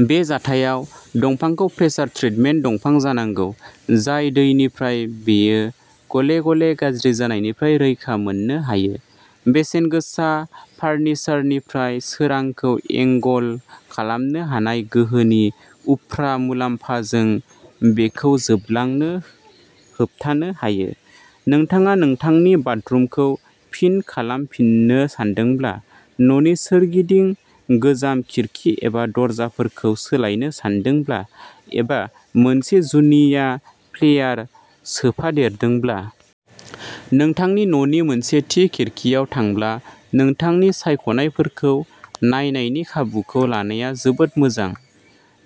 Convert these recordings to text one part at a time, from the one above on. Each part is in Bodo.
बे जाथायाव, दंफांखौ प्रेसार ट्रिटमेन्ट दंफां जानांगौ, जाय दैनिफ्राय बेयो गले गले गाज्रि जानायनिफ्राय रैखा मोननो हायो। बेसेनगोसा फारनिचारनिफ्राय सोरांखौ एंगल खालामनो हानाय गोहोनि उफ्रा मुलामफाजों बेखौ जोबलांनो होबथानो हायो। नोंथाङा नोंथांनि बाथरुमखौ फिन खालामफिननो सानदोंब्ला, न'नि सोरगिदिं गोजाम खिरखि एबा दरजाफोरखौ सोलायनो सानदोंब्ला, एबा मोनसे जुनिया फ्लेयार सोफादेरदोंब्ला। नोंथांनि न'नि मोनसे थि खिरखिआव थांब्ला, नोंथांनि सायख'नायफोरखौ नायनायनि खाबुखौ लानाया जोबोद मोजां।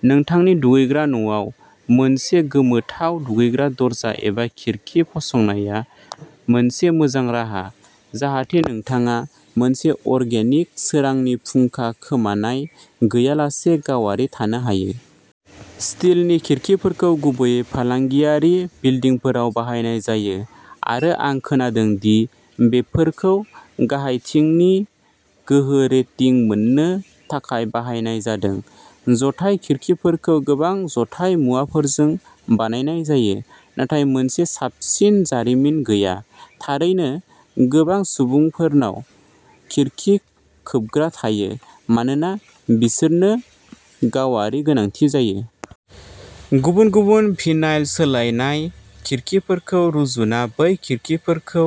नोंथांनि दुगैग्रा न'आव मोनसे गोमोथाव दुगैग्रा दरजा एबा खिरखि फसंनाया मोनसे मोजां राहा, जाहाथे नोंथाङा मोनसे अरगेनिक सोरांनि फुंखा खोमानाय गैयालासे गावारि थानो हायो। स्टिलनि खिरखिफोरखौ गुबैयै फालांगियारि बिलडिंफोराव बाहायनाय जायो, आरो आं खोनादों दि बेफोरखौ गाहायथिंनि गोहो रेटिं मोननो थाखाय बानायनाय जादों। जथाय खिरखिफोरखौ गोबां जथाय मुवाफोरजों बानायनाय जायो। नाथाय मोनसे साबसिन जारिमिन गैया। थारैनो गोबां सुबुंफोरनाव खिरखि खोबग्रा थायो मानोना बिसोरनो गावारि गोनांथि जायो। गुबुन-गुबुन भिनाइल सोलायनाय खिरखिफोरखौ रुजुना बै खिरखिफोरखौ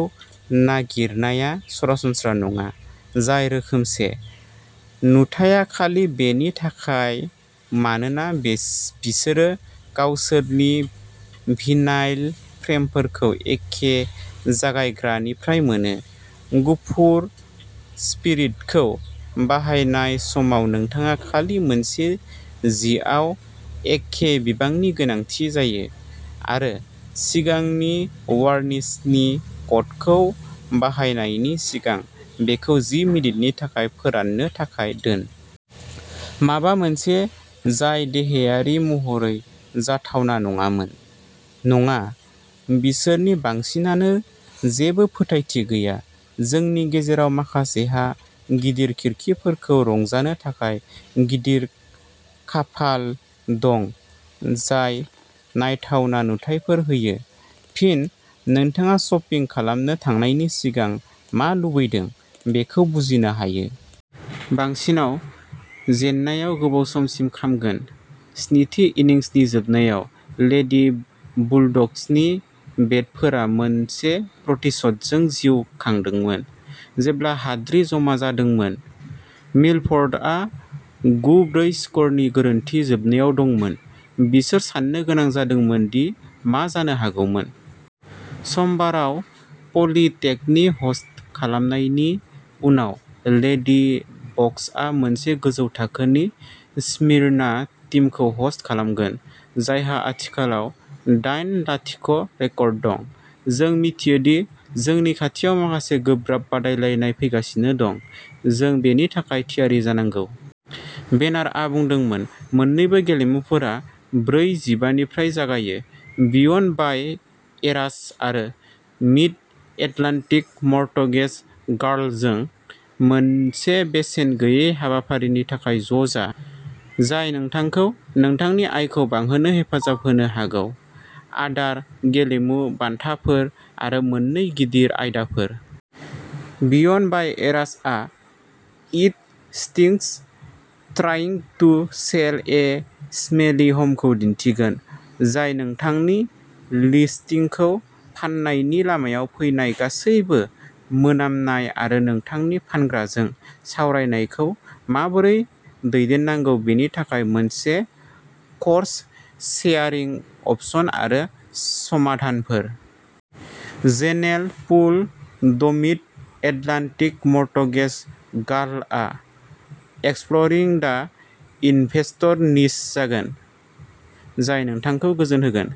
नागिरनाया सरासनस्रा नङा, जाय रोखोमसे। नुथाइया खालि बेनि थाखाय मानोना बिसोरो गावसोरनि भिनाइल फ्रेमफोरखौ एखे जगायग्रानिफ्राय मोनो। गुफुर स्पिरिटखौ बाहायनाय समाव नोंथाङा खालि मोनसे जिआव एसे बिबांनि गोनांथि जायो, आरो सिगांनि वारनिशनि कटखौ बाहायनायनि सिगां बेखौ जि मिनिटनि थाखाय फोराननो थाखाय दोन। माबा मोनसे जाय देहायारि महरै जाथावना नङामोन। नङा, बिसोरनि बांसिनानो जेबो फोथायथि गैया। जोंनि गेजेराव माखासेहा गिदिर खिरखिफोरखौ रंजानो थाखाय गिदिर खाफाल दं जाय नायथावना नुथायफोर होयो। फिन, नोंथाङा शपिं खालामनो थांनायनि सिगां मा लुबैदों बेखौ बुजिनो हायो। बांसिनआव। जेननाया गोबाव समसिम खामगोन। स्निथि इनिंसनि जोबनायाव लेडी बुलड'गसनि बेटफोरा मोनसे प्रतिशोधजों जिउ खांदोंमोन। जेब्ला हाद्रि जमा जादोंमोन, मिलफर्डआ गु-ब्रै स्क'रनि गोरोन्थि जोबनायाव दंमोन। बिसोर साननो गोनां जादोंमोन दि मा जानो हागौमोन। समबाराव पलिटेकखौ ह'स्ट खालामनायनि उनाव लेडी बकसआ मोनसे गोजौ थाखोनि स्मिरना टिमखौ ह'स्ट खालामगोन, जायहा आथिखालाव दाइन-लाथिख' रेकर्ड दं। जों मिथियो दि जोंनि खाथियाव माखासे गोब्राब बादायलायनाय फैगासिनो दं, जों बेनि थाखाय थियारि जानांगौ। ब्रेनानआ बुंदोंमोन। मोननैबो गेलेमुफोरा ब्रै:जिबा निफ्राय जागायो। बिय'न्ड बाय एरास आरो मिड एटलान्टिक मरटगेज गारलजों मोनसे बेसेन गैयै हाबाफारिनि थाखाय ज'जा, जाय नोंथांखौ नोंथांनि आयखौ बांहोनो हेफाजाब होनो हागौ! आदार, गेलेमु, बान्थाफोर, आरो मोन्नै गिदिर आयदाफोर। बिय'नड बाय एरासआ it stinks trying to sell a smelly home खौ दिन्थिगोन। जाय नोंथांनि लिस्टिंखौ फाननायनि लामायाव फैनाय गासैबो मोनामनाय आरो नोंथांनि फानग्राजों सावरायनायखौ माबोरै दैदेननांगौ बेनि थाखाय मोनसे क'रस सेयारिं अपशन आरो समाधानफोर। General Poole the' Mid Atlantic Mortgage गारलआ एक्सप्ल'रिं दा इनभेस्टर निच जागोन। जाय नोंथांखौ गोजोन होगोन।